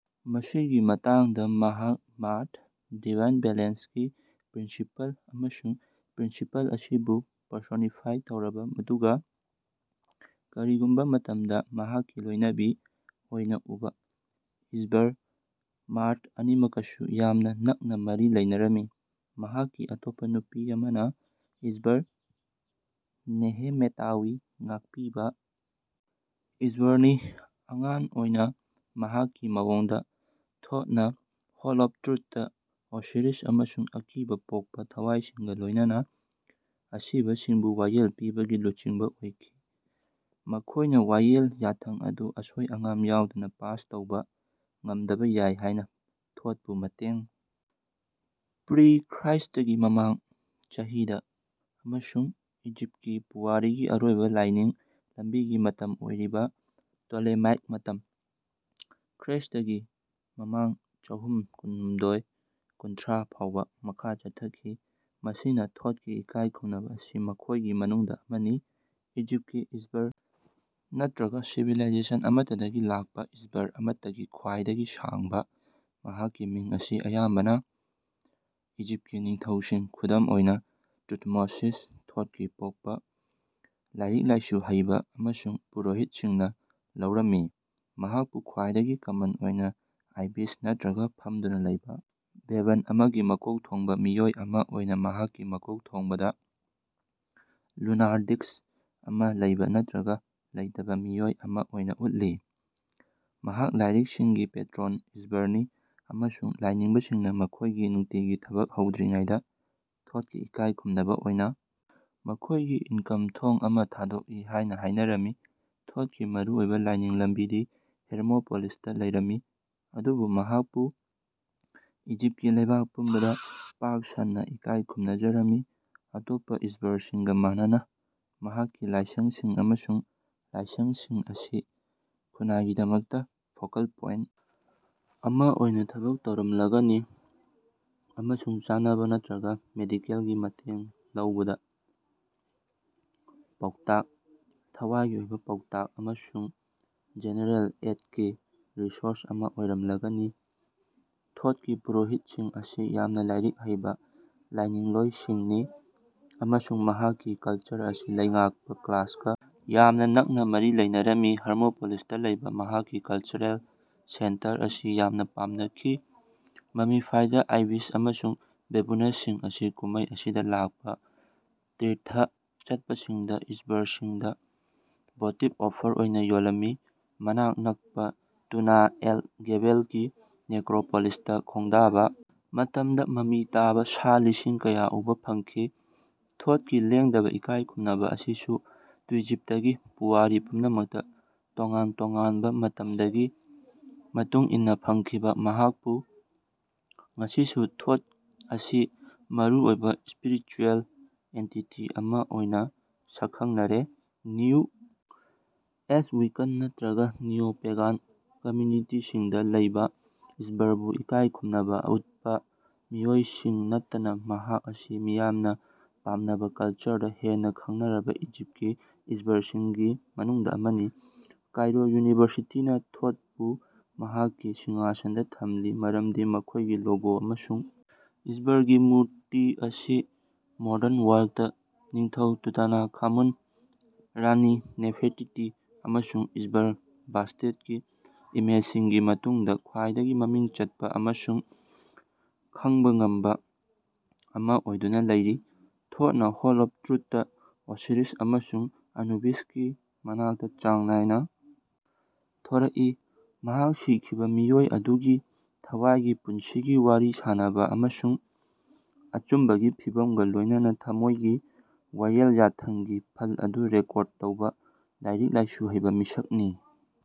ꯃꯁꯤꯒꯤ ꯃꯇꯥꯡꯗ ꯃꯍꯥꯛ ꯃꯥꯑꯥꯠ (ꯗꯤꯚꯥꯏꯟ ꯕꯦꯂꯦꯟꯁ)ꯒꯤ ꯄ꯭ꯔꯤꯟꯁꯤꯄꯜ ꯑꯃꯁꯨꯡ ꯄ꯭ꯔꯤꯟꯁꯤꯄꯜ ꯑꯁꯤꯕꯨ ꯄꯔꯁꯣꯅꯤꯐꯥꯏ ꯇꯧꯔꯕꯥ ꯑꯗꯨꯒꯥ ꯀꯔꯤꯒꯨꯝꯕꯥ ꯃꯇꯃꯗꯥ ꯃꯍꯥꯛꯀꯤ ꯂꯣꯏꯅꯕꯤ ꯑꯣꯏꯅꯥ ꯎꯕ ꯏꯁ꯭ꯕꯔ ꯃꯥꯑꯥꯠ ꯑꯅꯤꯃꯛꯀꯥꯁꯨ ꯌꯥꯝꯅꯥ ꯅꯛꯅꯥ ꯃꯔꯤ ꯂꯩꯅꯔꯝꯃꯤ꯫ ꯃꯍꯥꯛꯀꯤ ꯑꯇꯣꯞꯄꯥ ꯅꯨꯄꯤ ꯑꯃꯅꯥ ꯏꯁ꯭ꯕꯔ ꯅꯦꯍꯦꯃꯦꯇꯥꯋꯤ ꯉꯥꯛꯄꯤꯕꯥ ꯏꯁ꯭ꯕꯔꯅꯤ꯫ꯑꯉꯥꯟ ꯑꯣꯏꯅꯥ ꯃꯍꯥꯛꯀꯤ ꯃꯑꯣꯡꯗꯥ ꯊꯣꯊꯅꯥ ꯍꯣꯜ ꯑꯣꯐ ꯇ꯭ꯔꯨꯊꯇꯥ ꯑꯣꯁꯤꯔꯤꯁ ꯑꯃꯁꯨꯡ ꯑꯀꯤꯕꯥ ꯄꯣꯛꯄꯥ ꯊꯋꯥꯏꯁꯤꯡꯒꯥ ꯂꯣꯏꯅꯅꯥ ꯑꯁꯤꯕꯁꯤꯡꯕꯨ ꯋꯥꯌꯦꯜ ꯄꯤꯕꯒꯤ ꯂꯨꯆꯤꯡꯕꯥ ꯑꯣꯏꯈꯤ꯫ ꯃꯈꯣꯏꯅꯥ ꯋꯥꯌꯦꯜ ꯌꯥꯊꯪ ꯑꯗꯨ ꯑꯁꯣꯏ ꯑꯉꯥꯝ ꯌꯥꯎꯗꯅꯥ ꯄꯥꯁ ꯇꯧꯕꯥ ꯉꯃꯗꯕꯥ ꯌꯥꯏ ꯍꯥꯌꯅꯥ ꯊꯣꯊꯄꯨ ꯃꯇꯦꯡ ꯄ꯭ꯔꯤ ꯈ꯭ꯔ꯭ꯏꯁ꯭ꯇꯒꯤ ꯃꯃꯥꯡ ꯆꯍꯤ ꯗꯥ ꯑꯃꯁꯨꯡ ꯏꯖꯤꯞꯀꯤ ꯄꯨꯋꯥꯔꯤꯒꯤ ꯑꯔꯣꯏꯕꯥ ꯂꯥꯏꯅꯤꯡ ꯂꯝꯕꯤꯒꯤ ꯃꯇꯝ ꯑꯣꯏꯔꯤꯕꯥ ꯇꯣꯂꯦꯃꯥꯏꯛ ꯃꯇꯝ (ꯈ꯭ꯔ꯭ꯏꯁ꯭ꯇꯒꯤ ꯃꯃꯥꯡ ꯆꯥꯍꯨꯝ ꯀꯨꯟꯍꯨꯝꯗꯣꯏ - ꯀꯨꯟꯊ꯭ꯔꯥ) ꯐꯥꯑꯣꯕꯥ ꯃꯈꯥ ꯆꯠꯊꯈꯤ, ꯃꯁꯤꯅꯥ ꯊꯣꯊꯀꯤ ꯏꯀꯥꯌꯈꯨꯃꯅꯕꯥ ꯑꯁꯤ ꯃꯈꯣꯌꯒꯤ ꯃꯅꯨꯡꯗꯥ ꯑꯃꯅꯤ꯫ ꯏꯖꯤꯞꯀꯤ ꯏꯁ꯭ꯕꯔ ꯅꯠꯔꯒꯥ ꯁꯤꯚꯤꯂꯥꯏꯖꯦꯁꯟ ꯑꯃꯠꯇꯗꯒꯤ ꯂꯥꯛꯄꯥ ꯏꯁ꯭ꯕꯔ ꯑꯃꯠꯇꯒꯤ ꯈ꯭ꯕꯥꯏꯗꯒꯤ ꯁꯥꯡꯕꯥ꯫ ꯃꯍꯥꯛꯀꯤ ꯃꯤꯡ ꯑꯁꯤ ꯑꯌꯥꯝꯕꯅꯥ ꯏꯖꯤꯞꯀꯤ ꯅꯤꯡꯊꯧꯁꯤꯡ (ꯈꯨꯗꯝ ꯑꯣꯏꯅꯥ, ꯇꯨꯊꯃꯣꯁꯤꯁ "ꯊꯣꯊꯀꯤ ꯄꯣꯛꯄꯥ"), ꯂꯥꯏꯔꯤꯛ ꯂꯥꯏꯁꯨ ꯍꯩꯕꯥ ꯑꯃꯁꯨꯡ ꯄꯨꯔꯣꯍꯤꯠꯁꯤꯡꯅꯥ ꯂꯧꯔꯝꯃꯤ꯫ ꯃꯍꯥꯛꯄꯨ ꯈꯋꯥꯏꯗꯒꯤ ꯀꯃꯟ ꯑꯣꯏꯅꯥ ꯑꯥꯏꯕꯤꯁ ꯅꯠꯇ꯭ꯔꯒ ꯐꯃꯗꯨꯅꯥ ꯂꯩꯕꯥ ꯕꯦꯕꯟ ꯑꯃꯒꯤ ꯃꯀꯣꯛ ꯊꯣꯡꯕꯥ ꯃꯤꯑꯣꯏ ꯑꯃꯥ ꯑꯣꯏꯅ ꯃꯍꯥꯛꯀꯤ ꯃꯀꯣꯛꯊꯣꯡꯕꯗꯥ ꯂꯨꯅꯥꯔ ꯗꯤꯁ꯭ꯛ ꯑꯃꯥ ꯂꯩꯕꯥ ꯅꯠꯇ꯭ꯔꯒ ꯂꯩꯇꯕꯥ ꯃꯤꯑꯣꯏ ꯑꯃꯥ ꯑꯣꯏꯅꯥ ꯎꯠꯂꯤ꯫ ꯃꯍꯥꯛ ꯂꯥꯏꯔꯤꯛꯁꯤꯡꯒꯤ ꯄꯦꯠꯔꯣꯟ ꯏꯁ꯭ꯕꯔꯅꯤ ꯑꯃꯁꯨꯡ ꯂꯥꯏꯅꯤꯡꯕꯁꯤꯡꯅꯥ ꯃꯈꯣꯏꯒꯤ ꯅꯨꯡꯇꯤꯒꯤ ꯊꯕꯛ ꯍꯧꯗ꯭ꯔꯤꯉꯩꯗꯥ ꯊꯣꯊꯀꯤ ꯏꯀꯥꯌ ꯈꯨꯝꯅꯕꯥ ꯑꯣꯏꯅꯥ ꯃꯈꯣꯏꯒꯤ ꯏꯅꯀꯝ ꯊꯣꯡ ꯑꯃ ꯊꯥꯗꯣꯛꯏ ꯍꯥꯌꯅꯥ ꯍꯥꯌꯅꯔꯝꯃꯤ꯫ ꯊꯣꯊꯀꯤ ꯃꯔꯨꯑꯣꯏꯕꯥ ꯂꯥꯏꯅꯤꯡ ꯂꯝꯕꯤꯗꯤ ꯍꯦꯔꯃꯣꯄꯣꯂꯤꯁꯇꯥ ꯂꯩꯔꯝꯃꯤ ꯑꯗꯨꯕꯨ ꯃꯍꯥꯛꯄꯨ ꯏꯖꯤꯞꯀꯤ ꯂꯩꯕꯥꯛ ꯄꯨꯝꯕꯗꯥ ꯄꯥꯛ ꯁꯟꯅꯥ ꯏꯀꯥꯏ ꯈꯨꯝꯅꯖꯔꯝꯃꯤ꯫ ꯑꯇꯣꯞꯄꯥ ꯏꯁ꯭ꯕꯔꯁꯤꯡꯒꯥ ꯃꯥꯟꯅꯅꯥ, ꯃꯍꯥꯛꯀꯤ ꯂꯥꯏꯁꯉꯁꯤꯡ ꯑꯃꯁꯨꯡ ꯂꯥꯏꯁꯉꯁꯤꯡ ꯑꯁꯤ ꯈꯨꯟꯅꯥꯏꯒꯤꯗꯃꯛꯇꯥ ꯐꯣꯀꯜ ꯄꯣꯏꯟꯇ ꯑꯃꯥ ꯑꯣꯏꯅꯥ ꯊꯕꯛ ꯇꯧꯔꯝꯂꯒꯅꯤ ꯑꯃꯁꯨꯡ ꯆꯥꯅꯕꯥ ꯅꯠꯔꯒꯥ ꯃꯦꯗꯤꯀꯦꯂꯒꯤ ꯃꯇꯦꯡ ꯂꯧꯕꯗꯥ ꯄꯥꯎꯇꯥꯛ, ꯊꯋꯥꯏꯒꯤ ꯑꯣꯏꯕꯥ ꯄꯥꯎꯇꯥꯛ ꯑꯃꯁꯨꯡ ꯖꯦꯅꯔꯦꯜ ꯑꯦꯗꯀꯤ ꯔꯤꯁꯣꯔꯁ ꯑꯃꯥ ꯑꯣꯏꯔꯝꯂꯒꯅꯤ꯫ ꯊꯣꯊꯀꯤ ꯄꯨꯔꯣꯍꯤꯠꯁꯤꯡ ꯑꯁꯤ ꯌꯥꯝꯅꯥ ꯂꯥꯏꯔꯤꯛ ꯍꯩꯕꯥ ꯂꯥꯏꯅꯤꯡꯂꯣꯌꯁꯤꯡꯅꯤ ꯑꯃꯁꯨꯡ ꯃꯍꯥꯛꯀꯤ ꯀꯂꯆꯔ ꯑꯁꯤ ꯂꯩꯉꯥꯛꯄꯥ ꯀ꯭ꯂꯥꯁꯀꯥ ꯌꯥꯝꯅꯥ ꯅꯛꯅꯥ ꯃꯔꯤ ꯂꯩꯅꯔꯝꯃꯤ꯫ ꯍꯔꯃꯣꯄꯣꯂꯤꯁꯇꯥ ꯂꯩꯕꯥ ꯃꯍꯥꯛꯀꯤ ꯀꯂꯆꯔꯦꯜ ꯁꯦꯟꯇꯔ ꯑꯁꯤ ꯌꯥꯝꯅꯥ ꯄꯥꯝꯅꯈꯤ꯫ ꯃꯃꯤꯐꯥꯏꯗ ꯑꯥꯏꯕꯤꯁ ꯑꯃꯁꯨꯡ ꯕꯦꯕꯨꯅꯁꯤꯡ ꯑꯁꯤ ꯀꯨꯝꯃꯩ ꯑꯁꯤꯗꯥ ꯂꯥꯀꯄꯥ ꯇꯤꯔꯊ ꯆꯠꯄꯁꯤꯡꯗꯥ ꯏꯁ꯭ꯕꯔꯁꯤꯡꯗꯥ ꯚꯣꯇꯤꯕ ꯑꯣꯐꯔ ꯑꯣꯏꯅꯥ ꯌꯣꯜꯂꯝꯃꯤ꯫ ꯃꯅꯥꯛ ꯅꯀꯄꯥ ꯇꯨꯅꯥ ꯑꯦꯜ-ꯒꯦꯕꯦꯂꯒꯤ ꯅꯦꯛꯔꯣꯄꯣꯂꯤꯁꯇꯥ ꯈꯣꯡꯗꯥꯕꯥ ꯃꯇꯝꯗꯥ ꯃꯃꯤ ꯇꯥꯕꯥ ꯁꯥ ꯂꯤꯁꯤꯡ ꯀꯌꯥ ꯎꯕꯥ ꯐꯪꯈꯤ꯫ ꯊꯣꯊꯀꯤ ꯂꯦꯡꯗꯕꯥ ꯏꯀꯥꯏ ꯈꯨꯝꯅꯕꯥ ꯑꯁꯤꯁꯨ ꯇꯨꯏꯖꯤꯞꯇꯀꯤ ꯄꯨꯋꯥꯔꯤ ꯄꯨꯝꯅꯃꯛꯇꯥ ꯇꯣꯉꯥꯟ ꯇꯣꯉꯥꯅꯕꯥ ꯃꯇꯃꯒꯤ ꯃꯇꯨꯡ ꯏꯟꯅꯥ ꯐꯪꯈꯤꯕꯥ ꯃꯍꯥꯀꯄꯨ꯫ ꯉꯁꯤꯁꯨ ꯊꯣꯠ ꯑꯁꯤ ꯃꯔꯨꯑꯣꯏꯕꯥ ꯁ꯭ꯄꯤꯔꯤꯆꯨꯑꯦꯜ ꯑꯦꯟꯇꯤꯇꯤ ꯑꯃꯥ ꯑꯣꯏꯅꯥ ꯁꯀꯈꯉꯅꯔꯦ꯫ ꯅ꯭ꯌꯨ ꯑꯦꯖ, ꯋꯤꯀꯥꯟ ꯅꯠꯔꯒꯥ ꯅꯤꯑꯣ-ꯄꯦꯒꯥꯟ ꯀꯝꯝꯌꯨꯅꯤꯇꯤꯁꯤꯡꯗꯥ ꯂꯩꯕꯥ ꯏꯁ꯭ꯕꯔꯕꯨ ꯏꯀꯥꯌ ꯈꯨꯝꯅꯕꯥ ꯎꯠꯄꯥ ꯃꯤꯑꯣꯏꯁꯤꯡ ꯅꯠꯇꯅꯥ ꯃꯍꯥꯛ ꯑꯁꯤ ꯃꯤꯌꯥꯝꯅꯥ ꯄꯥꯝꯅꯕꯥ ꯀꯂꯆꯔꯗꯥ ꯍꯦꯟꯅꯥ ꯈꯉꯅꯔꯕꯥ ꯏꯖꯤꯞꯀꯤ ꯏꯁ꯭ꯕꯔꯁꯤꯡꯒꯤ ꯃꯅꯨꯡꯗꯥ ꯑꯃꯅꯤ꯫ ꯀꯥꯏꯔꯣ ꯌꯨꯅꯤꯚꯔꯁꯤꯇꯤꯅꯥ ꯊꯣꯊꯄꯨ ꯃꯍꯥꯛꯀꯤ ꯁꯤꯡꯍꯥꯁꯟꯗꯥ ꯊꯝꯂꯤ ꯃꯔꯃꯗꯤ ꯃꯈꯣꯌꯒꯤ ꯂꯣꯒꯣ ꯑꯃꯁꯨꯡ ꯏꯁ꯭ꯕꯔꯒꯤ ꯃꯨꯔꯇꯤ ꯑꯁꯤ ꯃꯣꯗꯔꯟ ꯋꯥꯔꯜꯗꯇꯥ ꯅꯤꯡꯊꯧ ꯇꯨꯇꯥꯅꯈꯥꯃꯨꯟ, ꯔꯥꯅꯤ ꯅꯦꯐꯦꯔꯇꯤꯇꯤ ꯑꯃꯁꯨꯡ ꯏꯁ꯭ꯕꯔ ꯕꯥꯁ꯭ꯇꯦꯠꯀꯤ ꯏꯃꯦꯖꯁꯤꯡꯒꯤ ꯃꯇꯨꯡꯗꯥ ꯈ꯭ꯕꯥꯏꯗꯒꯤ ꯃꯃꯤꯡ ꯆꯠꯄꯥ ꯑꯃꯁꯨꯡ ꯈꯉꯕꯥ ꯉꯝꯕꯥ ꯑꯃꯥ ꯑꯣꯏꯗꯨꯅꯥ ꯂꯩꯔꯤ꯫ ꯊꯣꯊꯅꯥ ꯍꯣꯜ ꯑꯣꯐ ꯇ꯭ꯔꯨꯊꯇꯥ ꯑꯣꯁꯤꯔꯤꯁ ꯑꯃꯁꯨꯡ ꯑꯅꯨꯕꯤꯁꯀꯤ ꯃꯅꯥꯛꯇ ꯆꯥꯡ ꯅꯥꯏꯅ ꯊꯣꯔꯛꯏ, ꯃꯍꯥꯛ ꯁꯤꯈꯤꯕꯥ ꯃꯤꯑꯣꯏ ꯑꯗꯨꯒꯤ ꯊꯋꯥꯏꯒꯤ ꯄꯨꯟꯁꯤꯒꯤ ꯋꯥꯔꯤ ꯁꯥꯅꯕ ꯑꯃꯁꯨꯡ ꯑꯆꯨꯝꯕꯒꯤ ꯐꯤꯕꯝꯒꯥ ꯂꯣꯌꯅꯅꯥ ꯊꯝꯃꯣꯌꯒꯤ ꯋꯥꯌꯦꯜ ꯌꯥꯊꯪꯒꯤ ꯐꯜ ꯑꯗꯨ ꯔꯦꯀꯣꯔꯗ ꯇꯧꯕꯥ ꯂꯥꯏꯔꯤꯛ ꯂꯥꯏꯁꯨ ꯍꯩꯕꯥ ꯃꯤꯁꯛ ꯅꯤ꯫